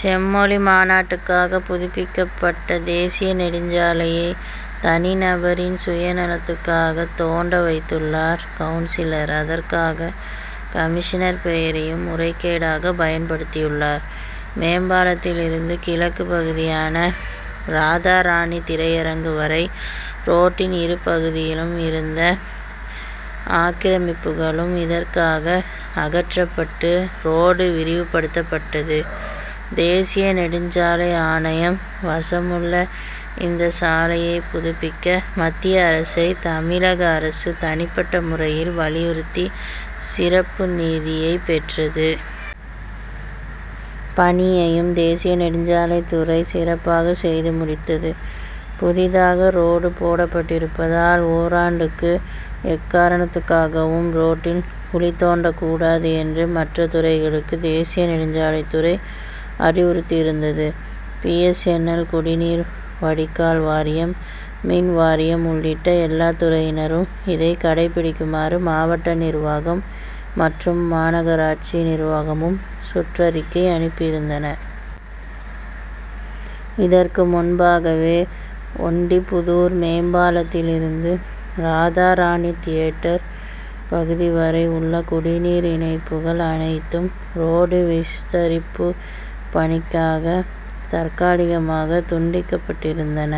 செம்மொழி மாநாட்டுக்காக புதுப்பிக்கப்பட்ட தேசிய நெடுஞ்சாலையை தனிநபரின் சுய நலத்துக்காகத் தோண்ட வைத்துள்ளார் கவுன்சிலர் அதற்காக கமிஷனர் பெயரையும் முறைகேடாக பயன்படுத்தியுள்ளார். மேம்பாலத்திலிருந்து கிழக்கு பகுதியான ராதாராணி திரையரங்கு வரை ரோட்டின் இரு பகுதியிலும் இருந்த ஆக்கிரமிப்புகளும் இதற்காக அகற்றப்பட்டு, ரோடு விரிவுபடுத்தப்பட்டது. தேசிய நெடுஞ்சாலை ஆணையம் வசமுள்ள இந்த சாலையைப் புதுப்பிக்க, மத்திய அரசை தமிழக அரசு தனிப்பட்ட முறையில் வலியுறுத்தி சிறப்பு நிதியைப்பெற்றது. பணியையும் தேசிய நெடுஞ்சாலைத்துறை சிறப்பாக செய்து முடித்தது. புதிதாக ரோடு போடப்பட்டிருப்பதால், ஓராண்டுக்கு எக்காரணத்துக்காகவும் ரோட்டில் குழி தோண்டக்கூடாது என்று மற்ற துறைகளுக்கு தேசிய நெடுஞ்சாலைத்துறை அறிவுறுத்தியிருந்தது. பி. எஸ். என். எல்., குடிநீர் வடிகால் வாரியம், மின் வாரியம் உள்ளிட்ட எல்லாத்துறையினரும் இதை கடைபிடிக்குமாறு, மாவட்ட நிர்வாகம் மற்றும் மாநகராட்சி நிர்வாகமும் சுற்றறிக்கை அனுப்பியிருந்தன. இதற்கு முன்பாகவே, ஒண்டிப்புதூர் மேம்பாலத்திலிருந்து ராதாராணி தியேட்டர் பகுதி வரை உள்ள குடிநீர் இணைப்புகள் அனைத்தும் ரோடு விஸ்தரிப்புப் பணிக்காக தற்காலிகமாக துண்டிக்கப்பட்டிருந்தன.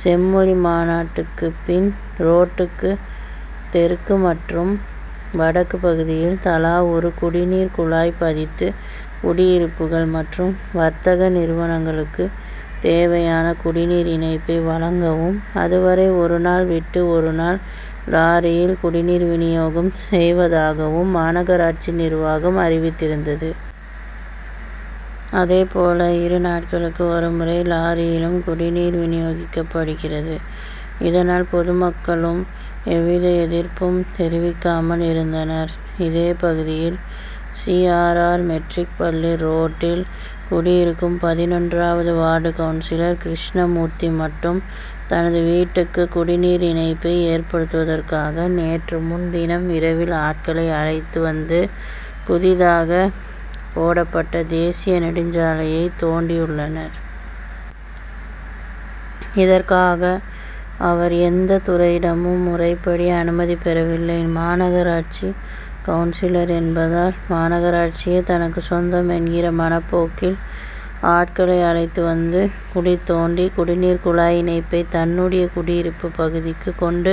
செம்மொழி மாநாட்டுக்குப் பின், ரோட்டுக்கு தெற்கு மற்றும் வடக்கு பகுதியில் தலா ஒரு குடிநீர் குழாய் பதித்து குடியிருப்புகள் மற்றும் வர்த்தக நிறுவனங்களுக்கு தேவையான குடிநீர் இணைப்பை வழங்கவும், அதுவரை ஒரு நாள் விட்டு ஒரு நாள் லாரியில் குடிநீர் வினியோகம் செய்வதாகவும் மாநகராட்சி நிர்வாகம் அறிவித்திருந்தது. அதேபோல, இரு நாட்களுக்கு ஒரு முறை லாரியிலும் குடிநீர் வினியோகிக்கப்படுகிறது. இதனால், பொதுமக்களும் எந்தவித எதிர்ப்பும் தெரிவிக்காமல் இருந்தனர். இதே பகுதியில், சி. ஆர். ஆர்.,மெட்ரிக் பள்ளி ரோட் டில் குடியிருக்கும் பதினொன்றாவது வார்டு கவுன்சிலர் கிருஷ்ணமூர்த்தி மட்டும், தனது வீட்டுக்கு குடிநீர் இணைப்பை ஏற்படுத்துவதற்காக, நேற்று முன் தினம் இரவில் ஆட்களை அழைத்து வந்து, புதிதாக போடப்பட்ட தேசிய நெடுஞ்சாலையைத் தோண் டியுள்ளார். இதற்காக, அவர் எந்தத் துறையிடமும் முறைப்படி அனுமதி பெறவில்லை. மாநகராட்சி கவுன்சிலர் என்பதால், மாநகராட்சியே தனக்குச் சொந்தம் என்கிற மனப்போக்கில், ஆட்களை அழைத்து வந்து, குழி தோண்டி, குடிநீர் குழாய் இணைப்பை தன்னுடைய குடியிருப்புப் பகுதிக்கு கொண்டு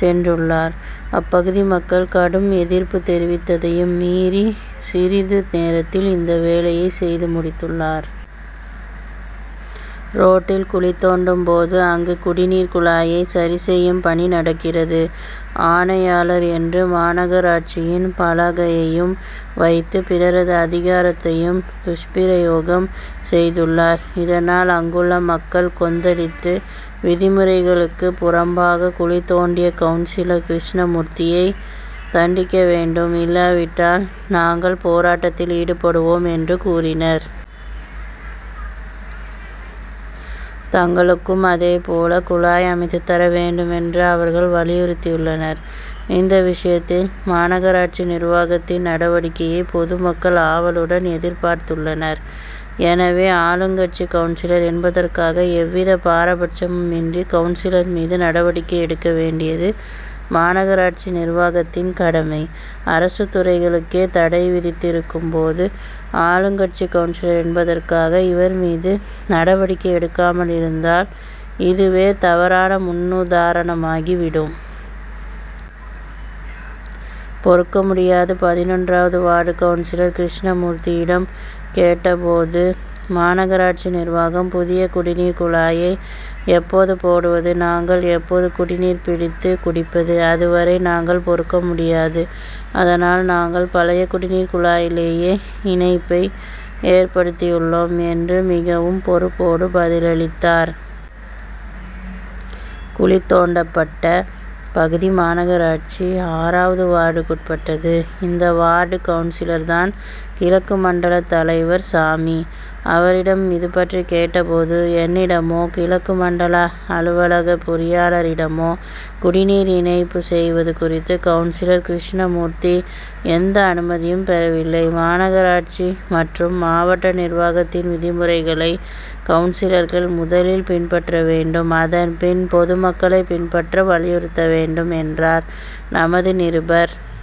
சென்றுள்ளார். அப்பகுதி மக்கள் கடும் எதிர்ப்பு தெரிவித்ததையும் மீறி, சிறிது நேரத்தில் இந்த வேலையைச் செய்து முடித் துள்ளார். ரோட்டில் குழி தோண்டும் போது, அங்கு "குடிநீர் குழாயை சரி செய்யும் பணி நடக்கிறது, ஆணையாளர்' என்று மாநகராட்சியின் பலகையையும் வைத்து, பிறரது அதிகாரத்தையும் துஷ்பிரயோகம் செய்துள்ளார். இதனால், அங்குள்ள மக்கள் கொந்தளித்து, "விதிமுறைகளுக்கு புறம்பாக குழி தோண்டிய கவுன்சிலர் கிருஷ்ணமூர்த்தியை தண்டிக்க வேண்டும்; இல்லாவிட்டால் நாங்கள் போராட்டத்தில் ஈடுபடுவோம்' என்று கூறினர். தங்களுக்கும் அதே போல குழாய் அமைத்துத்தர வேண்டுமென்று அவர்கள் வலியுறுத்தியுள்ளனர். இந்த விஷயத்தில், மாநகராட்சி நிர்வாகத்தின் நடவடிக்கையை பொது மக்கள் ஆவலுடன் எதிர்பார்த்துள்ளனர். எனவே, ஆளுங்கட்சி கவுன்சிலர் என்பதற்காக எவ்வித பாரபட்சமும் இன்றி கவுன்சிலர் மீது நடவடிக்கை எடுக்க வேண்டியது, மாநகராட்சி நிர்வாகத்தின் கடமை. அரசுத் துறைகளுக்கே தடை விதித்திருக்கும் போது, ஆளுங்கட்சி கவுன் சிலர் என்பதற்காக இவர் மீது நடவடிக்கை எடுக்காமலிருந்தால், இதுவே தவறான முன்னுதாரணமாகி விடும். பொறுக்க முடியாது பதினொன்றாவது வார்டு கவுன்சிலர் கிருஷ்ணமூர்த்தியிடம் கேட்டபோது, மாநகராட்சி நிர்வாகம் புதிய குடிநீர் குழாயை எப்போது போடுவது, நாங்கள் எப்போது குடிநீர் பிடித்து குடிப்பது? அதுவரை நாங்கள் பொறுக்கமுடியாது. அதனால், நாங்கள் பழைய குடிநீர் குழாயிலேயே, இணைப்பை ஏற்படுத்தியுள்ளோம்,'' என்று மிகவும் "பொறுப்போடு' பதிலளித்தார். குழி தோண்டப்பட்ட பகுதி, மாநகராட்சி ஆறாவது வார்டுக்குட்பட்டது. இந்த வார்டு கவுன்சிலர்தான், கிழக்கு மண்டலத் தலைவர் சாமி. அவரிடம் இதுபற்றி கேட்டபோது, ""என்னிடமோ, கிழக்கு மண்டல அலுவலக பொறியாளரிடமோ குடிநீர் இணைப்பு செய்வது குறித்து கவுன்சிலர் கிருஷ்ணமூர்த்தி எந்த அனுமதியும் பெறவில்லை. மாநகராட்சி மற்றும் மாவட்ட நிர்வாகத்தின் விதிமுறைகளை கவுன்சிலர்கள் முதலில் பின்பற்ற வேண்டும். அதன் பின் பொதுமக்களை பின்பற்ற வலியுறுத்த வேண்டும்,'' என்றார். நமது நிருபர்